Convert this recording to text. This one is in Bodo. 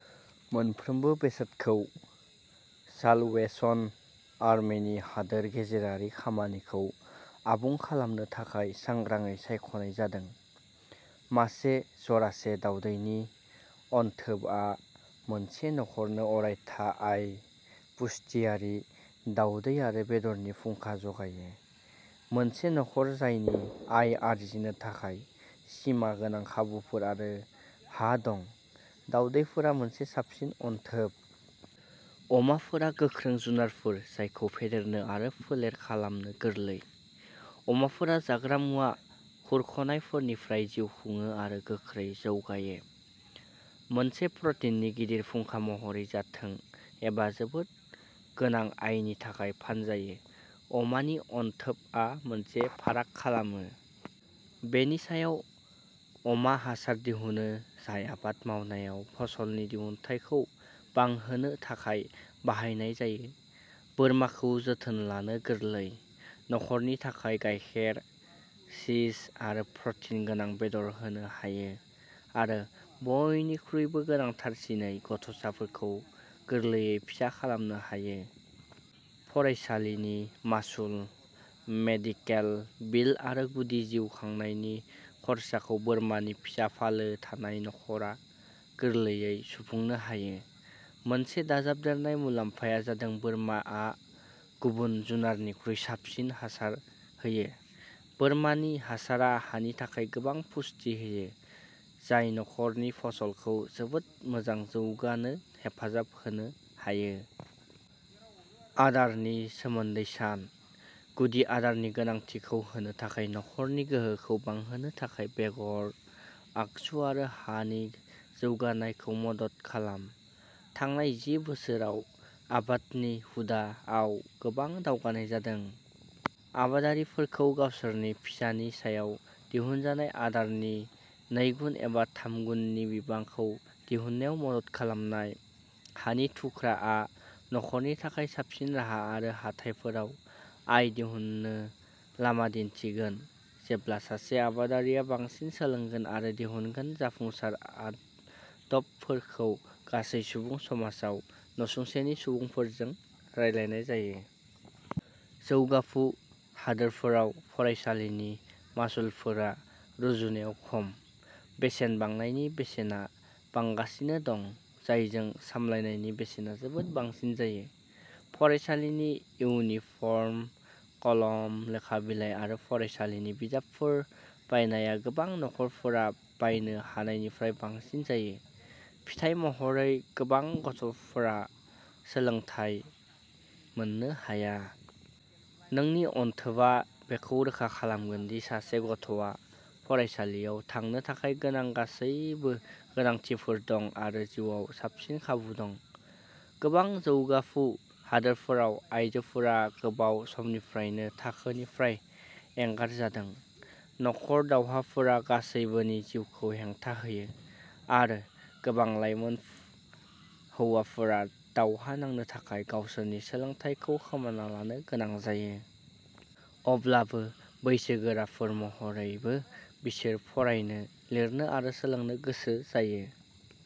मोनफ्रोमबो बेसादखौ साल्वेसन आर्मीनि हादोर गेजेरारि खामानिखौ आबुं खालामनो थाखाय सांग्राङै सायख'नाय जादों। मासे जरासे दावदैनि अनथोबआ मोनसे नखरनो अरायथा आय, पुष्टियारि दावदै आरो बेदरनि फुंखा जगायो। मोनसे नखर जायनि आय आर्जिनो थाखाय सिमा गोनां खाबुफोर आरो हा दं, दावदैफोरा मोनसे साबसिन अनथोब। अमाफोरा गोख्रों जुनारफोर जायखौ फेदेरनो आरो फोलेर खालामनो गोरलै। अमाफोरा जाग्रा मुवा खुरख'नायफोरनिफ्राय जिउ खुङो आरो गोख्रै जौगायो। मोनसे प्रटिननि गिदिर फुंखा महरै जाथों एबा जोबोद गोनां आयनि थाखाय फानजायो, अमा नि अनथोब आ मोनसे फाराग खालामो। बेनि सायाव अमा हासार दिहुनो, जाय आबाद मावनायाव फसल नि दिहुनथाइ खौ बांहोनो थाखाय बाहायनाय जायो। बोरमा खौ जोथोन लानो गोरलै, नखरनि थाखाय गायखेर, चीज आरो प्रटिन गोनां बेदर होनो हायो, आरो बयनिख्रुइबो गोनांथारसिनै गथ'साफोरखौ गोरलैयै फिसा खालामनो हायो। फरायसालि नि मासुल, मेडिकेल बिल आरो गुदि जिउ खांनायनि खर्साखौ बोरमा नि फिसा फालो थानाय नखर आ गोरलैयै सुफुंनो हायो। मोनसे दाजाबदेरनाय मुलाम्फाया जादों बोरमा आ गुबुन जुनार निख्रुइ साबसिन हासार होयो। बोरमा नि हासारा हानि थाखाय गोबां पुष्टि होयो, जाय नखर नि फसल खौ जोबोद मोजां जौगानो हेफाजाब होनो हायो। आदार नि सोमोन्दै सान। गुदि आदार नि गोनांथि खौ होनो थाखाय नखर नि गोहोखौ बांहोनो थाखाय बेगर, आगजु आरो हा नि जौगानाय खौ मदद खालाम। थांनाय जि बोसोर आव आबाद नि हुदा आव गोबां दावगानाय जादों। आबादारिफोरखौ गावसोरनि फिसा नि सायाव दिहुनजानाय आदार नि नैगुन एबा थाम गुन नि बिबां खौ दिहुन्नायाव मदद खालामनाय। हानि थुख्राआ नखरनि थाखाय साबसिन राहा आरो हाथाइफोराव आय दिहुन्नो लामा दिन्थिगोन। जेब्ला सासे आबादारिया बांसिन सोलोंगोन आरो दिहुनगोन जाफुंसार आदबफोरखौ गासै सुबुं समाजाव नसुंसेनि सुबुंफोरजों रानलायनाय जायो। जौगाफु हादोरफोराव फरायसालिनि मासुलफोरा रुजुनायाव खम, बेसेन बांनायनि बेसेना बांगासिनो दं, जायजों सामलायनायनि बेसेना जोबोद बांसिन जायो। फरायसालिनि इउनिफर्म, कलम, लेखा बिलाइ आरो फरायसालिनि बिजाबफोर बायनाया गोबां नखरफोरा बायनो हानायनिफ्राय बांसिन जायो। फिथाय महरै, गोबां गथ'फोरा सोलोंथाय मोननो हाया। नोंनि अनथोबआ बेखौ रोखा खालामगोन दि सासे गथ'आ फरायसालियाव थांनो थाखाय गोनां गासैबो गोनांथिफोर दं आरो जिउआव साबसिन खाबु दं। गोबां जौगाफु हादोरफोराव आयजोफोरा गोबाव समनिफ्रायनो थाखोनिफ्राय एंगारजादों। नखर दावहाफोरा गासैबोनि जिउखौ हेंथा होयो, आरो गोबां लाइमोन हौवाफोरा दावहा नांनो थाखाय गावसोरनि सोलोंथायखौ खोमाना लानो गोनां जायो। अब्लाबो, बैसोगोराफोर महरैबो बिसोर फरायनो, लिरनो आरो सोलोंनो गोसो जायो।